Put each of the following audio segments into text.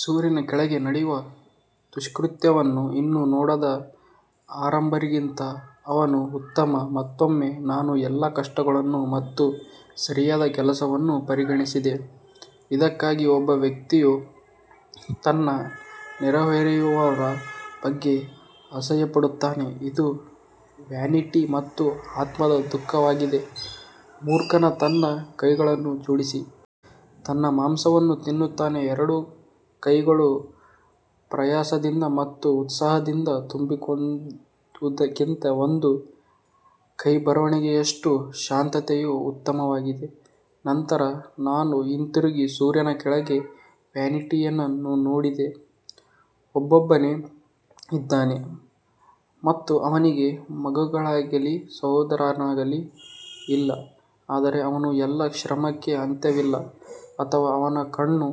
ಸೂರ್ಯನ ಕೆಳಗೆ ನಡೆಯುವ ದುಷ್ಕೃತ್ಯವನ್ನು ಇನ್ನೂ ನೋಡದ ಅವರಿಬ್ಬರಿಗಿಂತ ಅವನು ಉತ್ತಮ. ಮತ್ತೊಮ್ಮೆ ನಾನು ಎಲ್ಲಾ ಕಷ್ಟಗಳನ್ನು ಮತ್ತು ಸರಿಯಾದ ಕೆಲಸವನ್ನು ಪರಿಗಣಿಸಿದೆ, ಇದಕ್ಕಾಗಿ ಒಬ್ಬ ವ್ಯಕ್ತಿಯು ತನ್ನ ನೆರೆಹೊರೆಯವರ ಬಗ್ಗೆ ಅಸೂಯೆಪಡುತ್ತಾನೆ, ಇದು ವ್ಯಾನಿಟಿ ಮತ್ತು ಆತ್ಮದ ದುಃಖವಾಗಿದೆ. ಮೂರ್ಖನು ತನ್ನ ಕೈಗಳನ್ನು ಜೋಡಿಸಿ ತನ್ನ ಮಾಂಸವನ್ನು ತಿನ್ನುತ್ತಾನೆ ಎರಡೂ ಕೈಗಳು ಪ್ರಯಾಸದಿಂದ ಮತ್ತು ಉತ್ಸಾಹದಿಂದ ತುಂಬಿರುವುದಕ್ಕಿಂತ ಒಂದು ಕೈಬೆರಳೆಣಿಕೆಯಷ್ಟು ಶಾಂತತೆಯು ಉತ್ತಮವಾಗಿದೆ ನಂತರ ನಾನು ಹಿಂತಿರುಗಿ ಸೂರ್ಯನ ಕೆಳಗೆ ವ್ಯಾನಿಟಿಯನ್ನು ನೋಡಿದೆ ಒಬ್ಬನೇ ಇದ್ದಾನೆ ಮತ್ತು ಅವನಿಗೆ ಮಗುವಾಗಲಿ ಸಹೋದರನಾಗಲಿ ಇಲ್ಲ, ಆದರೆ ಅವನ ಎಲ್ಲಾ ಶ್ರಮಕ್ಕೆ ಅಂತ್ಯವಿಲ್ಲ ಅಥವಾ ಅವನ ಕಣ್ಣು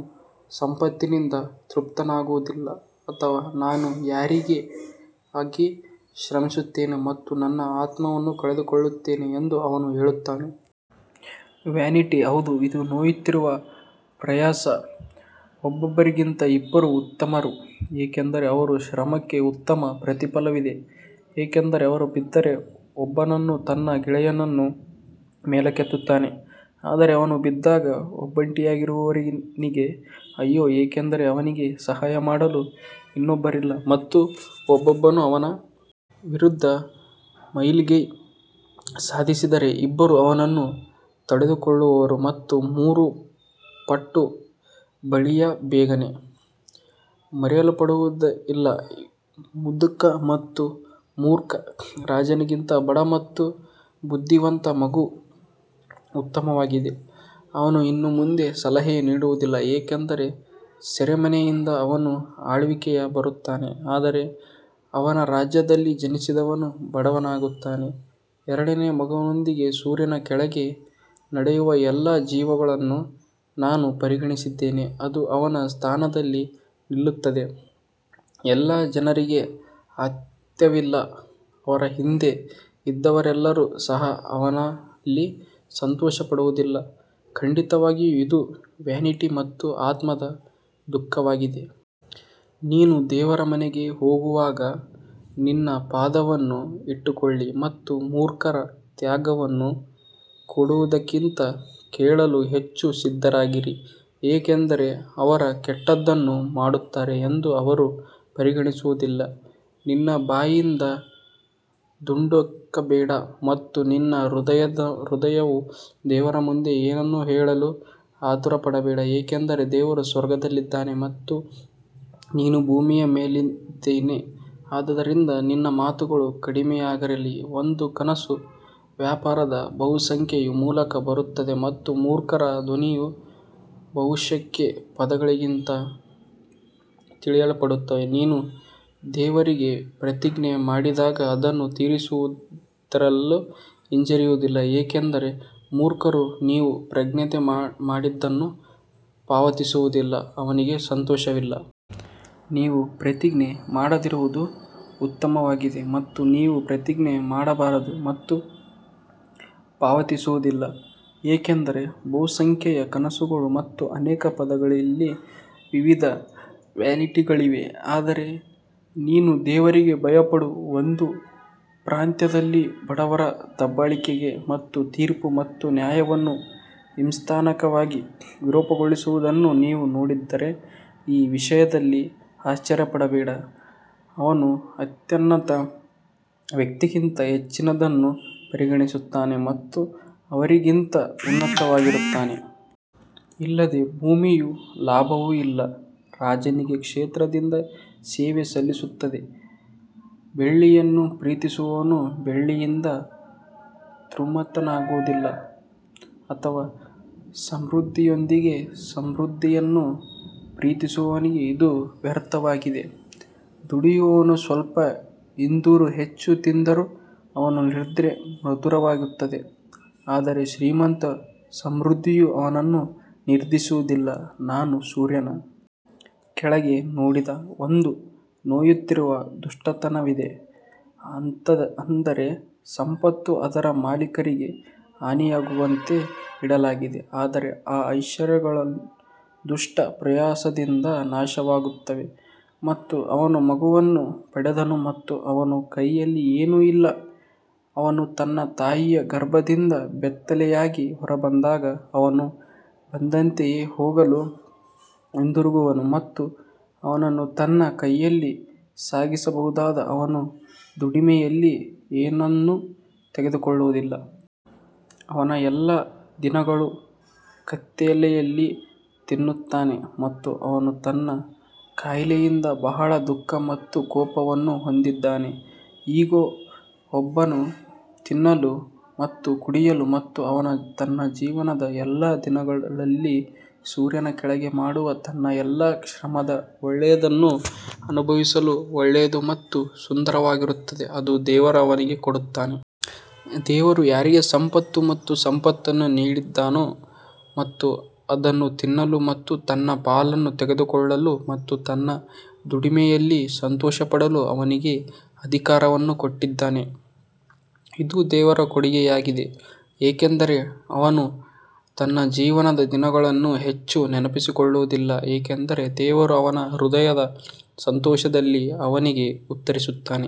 ಸಂಪತ್ತಿನಿಂದ ತೃಪ್ತನಾಗುವುದಿಲ್ಲ ಅಥವಾ ನಾನು ಯಾರಿಗಾಗಿ ಶ್ರಮಿಸುತ್ತೇನೆ ಮತ್ತು ನನ್ನ ಆತ್ಮವನ್ನು ಕಳೆದುಕೊಳ್ಳುತ್ತೇನೆ ಎಂದು ಅವನು ಹೇಳುತ್ತಾನೆ. ವ್ಯಾನಿಟಿ ಹೌದು ಇದು ನೋಯುತ್ತಿರುವ ಪ್ರಯಾಸ ಒಬ್ಬರಿಗಿಂತ ಇಬ್ಬರು ಉತ್ತಮರು ಏಕೆಂದರೆ ಅವರ ಶ್ರಮಕ್ಕೆ ಉತ್ತಮ ಪ್ರತಿಫಲವಿದೆ ಯಾಕಂದರೆ ಅವರು ಬಿದ್ದರೆ ಒಬ್ಬನು ತನ್ನ ಗೆಳೆಯನನ್ನು ಮೇಲಕ್ಕೆತ್ತುತ್ತಾನೆ ಆದರೆ ಅವನು ಬಿದ್ದಾಗ ಒಬ್ಬಂಟಿಯಾಗಿರುವವನಿಗೆ ಅಯ್ಯೋ, ಏಕೆಂದರೆ ಅವನಿಗೆ ಸಹಾಯ ಮಾಡಲು ಇನ್ನೊಬ್ಬರಿಲ್ಲ. ಮತ್ತು ಒಬ್ಬನು ಅವನ ವಿರುದ್ಧ ಮೇಲುಗೈ ಸಾಧಿಸಿದರೆ ಇಬ್ಬರು ಅವನನ್ನು ತಡೆದುಕೊಳ್ಳುವರು ಮತ್ತು ಮೂರು ಪಟ್ಟು ಬಳ್ಳಿಯು ಬೇಗನೆ ಮುರಿಯಲ್ಪಡುವುದಿಲ್ಲ ಮುದುಕ ಮತ್ತು ಮೂರ್ಖ ರಾಜನಿಗಿಂತ ಬಡ ಮತ್ತು ಬುದ್ಧಿವಂತ ಮಗು ಉತ್ತಮವಾಗಿದೆ, ಅವನು ಇನ್ನು ಮುಂದೆ ಸಲಹೆ ನೀಡುವುದಿಲ್ಲ ಯಾಕಂದರೆ ಸೆರೆಮನೆಯಿಂದ ಅವನು ಆಳ್ವಿಕೆಗೆ ಬರುತ್ತಾನೆ ಆದರೆ ಅವನ ರಾಜ್ಯದಲ್ಲಿ ಜನಿಸಿದವನು ಬಡವನಾಗುತ್ತಾನೆ ಎರಡನೇ ಮಗುವಿನೊಂದಿಗೆ ಸೂರ್ಯನ ಕೆಳಗೆ ನಡೆಯುವ ಎಲ್ಲ ಜೀವಿಗಳನ್ನು ನಾನು ಪರಿಗಣಿಸಿದೆ, ಅದು ಅವನ ಸ್ಥಾನದಲ್ಲಿ ನಿಲ್ಲುತ್ತದೆ ಎಲ್ಲಾ ಜನರಿಗೆ ಅಂತ್ಯವಿಲ್ಲ, ಅವರ ಹಿಂದೆ ಇದ್ದವರೆಲ್ಲರೂ ಸಹ ಅವನಲ್ಲಿ ಸಂತೋಷಪಡುವುದಿಲ್ಲ, ಖಂಡಿತವಾಗಿಯೂ ಇದು ವ್ಯಾನಿಟಿ ಮತ್ತು ಆತ್ಮದ ದುಃಖವಾಗಿದೆ. ನೀನು ದೇವರ ಮನೆಗೆ ಹೋಗುವಾಗ ನಿನ್ನ ಪಾದವನ್ನು ಇಟ್ಟುಕೊಳ್ಳಿ ಮತ್ತು ಮೂರ್ಖರ ತ್ಯಾಗವನ್ನು ಕೊಡುವುದಕ್ಕಿಂತ ಕೇಳಲು ಹೆಚ್ಚು ಸಿದ್ಧರಾಗಿರಿ ಏಕೆಂದರೆ ಅವರು ಕೆಟ್ಟದ್ದನ್ನು ಮಾಡುತ್ತಾರೆ ಎಂದು ಅವರು ಪರಿಗಣಿಸುವುದಿಲ್ಲ. ನಿನ್ನ ಬಾಯಿಂದ ದುಡುಕಬೇಡ ಮತ್ತು ನಿನ್ನ ಹೃದಯವು ದೇವರ ಮುಂದೆ ಏನನ್ನೂ ಹೇಳಲು ಆತುರಪಡಬೇಡ ಏಕೆಂದರೆ ದೇವರು ಸ್ವರ್ಗದಲ್ಲಿದ್ದಾನೆ ಮತ್ತು ನೀನು ಭೂಮಿಯ ಮೇಲಿದ್ದಾನೆ ಆದ್ದರಿಂದ ನಿನ್ನ ಮಾತುಗಳು ಕಡಿಮೆಯಾಗಿರಲಿ ಒಂದು ಕನಸು ವ್ಯಾಪಾರದ ಬಹುಸಂಖ್ಯೆಯ ಮೂಲಕ ಬರುತ್ತದೆ ಮತ್ತು ಮೂರ್ಖರ ಧ್ವನಿಯು ಬಹುಸಂಖ್ಯೆಯ ಪದಗಳಿಂದ ತಿಳಿಯಲ್ಪಡುತ್ತದೆ ನೀನು ದೇವರಿಗೆ ಪ್ರತಿಜ್ಞೆ ಮಾಡಿದಾಗ ಅದನ್ನು ತೀರಿಸದಿರಲು ಹಿಂಜರಿಯುವುದಿಲ್ಲ ಏಕೆಂದರೆ ಮೂರ್ಖರು ನೀವು ಪ್ರತಿಜ್ಞೆ ಮಾಡಿದ್ದನ್ನು ಪಾವತಿಸುವುದರಲ್ಲಿ ಅವನಿಗೆ ಸಂತೋಷವಿಲ್ಲ. ನೀವು ಪ್ರತಿಜ್ಞೆ ಮಾಡದಿರುವುದು ಉತ್ತಮವಾಗಿದೆ ಮತ್ತು ನೀವು ಪ್ರತಿಜ್ಞೆ ಮಾಡಬಾರದು ಮತ್ತು ಪಾವತಿಸುವುದಿಲ್ಲ ಯಾಕಂದರೆ ಬಹುಸಂಖ್ಯೆಯ ಕನಸುಗಳು ಮತ್ತು ಅನೇಕ ಪದಗಳಲ್ಲಿ ವಿವಿಧ ವ್ಯಾನಿಟಿಗಳಿವೆ ಆದರೆ ನೀನು ದೇವರಿಗೆ ಭಯಪಡು ಒಂದು ಪ್ರಾಂತ್ಯದಲ್ಲಿ ಬಡವರ ದಬ್ಬಾಳಿಕೆ ಮತ್ತು ತೀರ್ಪು ಮತ್ತು ನ್ಯಾಯವನ್ನು ಹಿಂಸಾತ್ಮಕವಾಗಿ ವಿರೂಪಗೊಳಿಸುವುದನ್ನು ನೀವು ನೋಡಿದರೆ, ಈ ವಿಷಯದಲ್ಲಿ ಆಶ್ಚರ್ಯಪಡಬೇಡಿ, ಅವನು ಅತ್ಯುನ್ನತ ವ್ಯಕ್ತಿಗಿಂತ ಹೆಚ್ಚಿನದನ್ನು ಪರಿಗಣಿಸುತ್ತಾನೆ ಮತ್ತು ಅವರಿಗಿಂತ ಉನ್ನತನಾಗಿರುತ್ತಾನೆ. ಇದಲ್ಲದೆ ಭೂಮಿಯ ಲಾಭವು ಎಲ್ಲಾ ರಾಜನಿಗೆ ಕ್ಷೇತ್ರದಿಂದ ಸೇವೆ ಸಲ್ಲಿಸುತ್ತದೆ ಬೆಳ್ಳಿಯನ್ನು ಪ್ರೀತಿಸುವವನು ಬೆಳ್ಳಿಯಿಂದ ತೃಪ್ತನಾಗುವುದಿಲ್ಲ ಅಥವಾ ಸಮೃದ್ಧಿಯೊಂದಿಗೆ ಸಮೃದ್ಧಿಯನ್ನು ಪ್ರೀತಿಸುವವನಿಗೆ ಇದು ವ್ಯರ್ಥವಾಗಿದೆ ದುಡಿಯುವವನು ಸ್ವಲ್ಪ ತಿಂದರೂ ಹೆಚ್ಚು ತಿಂದರೂ ಅವನ ನಿದ್ರೆ ಮಧುರವಾಗಿರುತ್ತದೆ ಆದರೆ ಶ್ರೀಮಂತರ ಸಮೃದ್ಧಿಯು ಅವನನ್ನು ನಿದ್ರಿಸುವುದಿಲ್ಲ. ನಾನು ಸೂರ್ಯನ ಕೆಳಗೆ ನೋಡಿದ ಒಂದು ನೋಯುತ್ತಿರುವ ದುಷ್ಟತನವಿದೆ, ಅಂದರೆ ಸಂಪತ್ತು ಅದರ ಮಾಲೀಕರಿಗೆ ಹಾನಿಯಾಗುವಂತೆ ಇಡಲಾಗಿದೆ ಆದರೆ ಆ ಐಶ್ವರ್ಯಗಳು ದುಷ್ಟ ಪ್ರಯಾಸದಿಂದ ನಾಶವಾಗುತ್ತವೆ ಮತ್ತು ಅವನು ಮಗನನ್ನು ಪಡೆದನು ಮತ್ತು ಅವನ ಕೈಯಲ್ಲಿ ಏನೂ ಇಲ್ಲ ಅವನು ತನ್ನ ತಾಯಿಯ ಗರ್ಭದಿಂದ ಬೆತ್ತಲೆಯಾಗಿ ಹೊರಬಂದಾಗ ಅವನು ಬಂದಂತೆಯೇ ಹೋಗಲು ಹಿಂದಿರುಗುವನು ಮತ್ತು ಅವನು ತನ್ನ ಕೈಯಲ್ಲಿ ಸಾಗಿಸಬಹುದಾದ ಅವನ ದುಡಿಮೆಯಲ್ಲಿ ಏನನ್ನೂ ತೆಗೆದುಕೊಳ್ಳುವುದಿಲ್ಲ. ಅವನ ಎಲ್ಲಾ ದಿನಗಳು ಕತ್ತಲೆಯಲ್ಲಿ ತಿನ್ನುತ್ತಾನೆ ಮತ್ತು ಅವನು ತನ್ನ ಕಾಯಿಲೆಯಿಂದ ಬಹಳ ದುಃಖ ಮತ್ತು ಕೋಪವನ್ನು ಹೊಂದಿದ್ದಾನೆ ಇಗೋ, ಒಬ್ಬನು ತಿನ್ನಲು ಮತ್ತು ಕುಡಿಯಲು ಮತ್ತು ಅವನು ತನ್ನ ಜೀವನದ ಎಲ್ಲಾ ದಿನಗಳಲ್ಲಿ ಸೂರ್ಯನ ಕೆಳಗೆ ಮಾಡುವ ತನ್ನ ಎಲ್ಲಾ ಶ್ರಮದ ಒಳ್ಳೆಯದನ್ನು ಅನುಭವಿಸಲು ಒಳ್ಳೆಯದು ಮತ್ತು ಸುಂದರವಾಗಿರುತ್ತದೆ, ಅದು ದೇವರು ಅವನಿಗೆ ಕೊಡುತ್ತಾನೆ. ದೇವರು ಯಾರಿಗೆ ಸಂಪತ್ತು ಮತ್ತು ಸಂಪತ್ತನ್ನು ನೀಡಿದ್ದಾನೋ ಮತ್ತು ಅದನ್ನು ತಿನ್ನಲು ಮತ್ತು ತನ್ನ ಪಾಲನ್ನು ತೆಗೆದುಕೊಳ್ಳಲು ಮತ್ತು ತನ್ನ ದುಡಿಮೆಯಲ್ಲಿ ಸಂತೋಷಪಡಲು ಅವನಿಗೆ ಅಧಿಕಾರವನ್ನು ಕೊಟ್ಟಿದ್ದಾನೆ, ಇದು ದೇವರ ಕೊಡುಗೆಯಾಗಿದೆ. ಯಾಕಂದರೆ ಅವನು ತನ್ನ ಜೀವನದ ದಿನಗಳನ್ನು ಹೆಚ್ಚು ನೆನಪಿಸಿಕೊಳ್ಳುವುದಿಲ್ಲ ಏಕೆಂದರೆ ದೇವರು ಅವನ ಹೃದಯದ ಸಂತೋಷದಲ್ಲಿ ಅವನಿಗೆ ಉತ್ತರಿಸುತ್ತಾನೆ.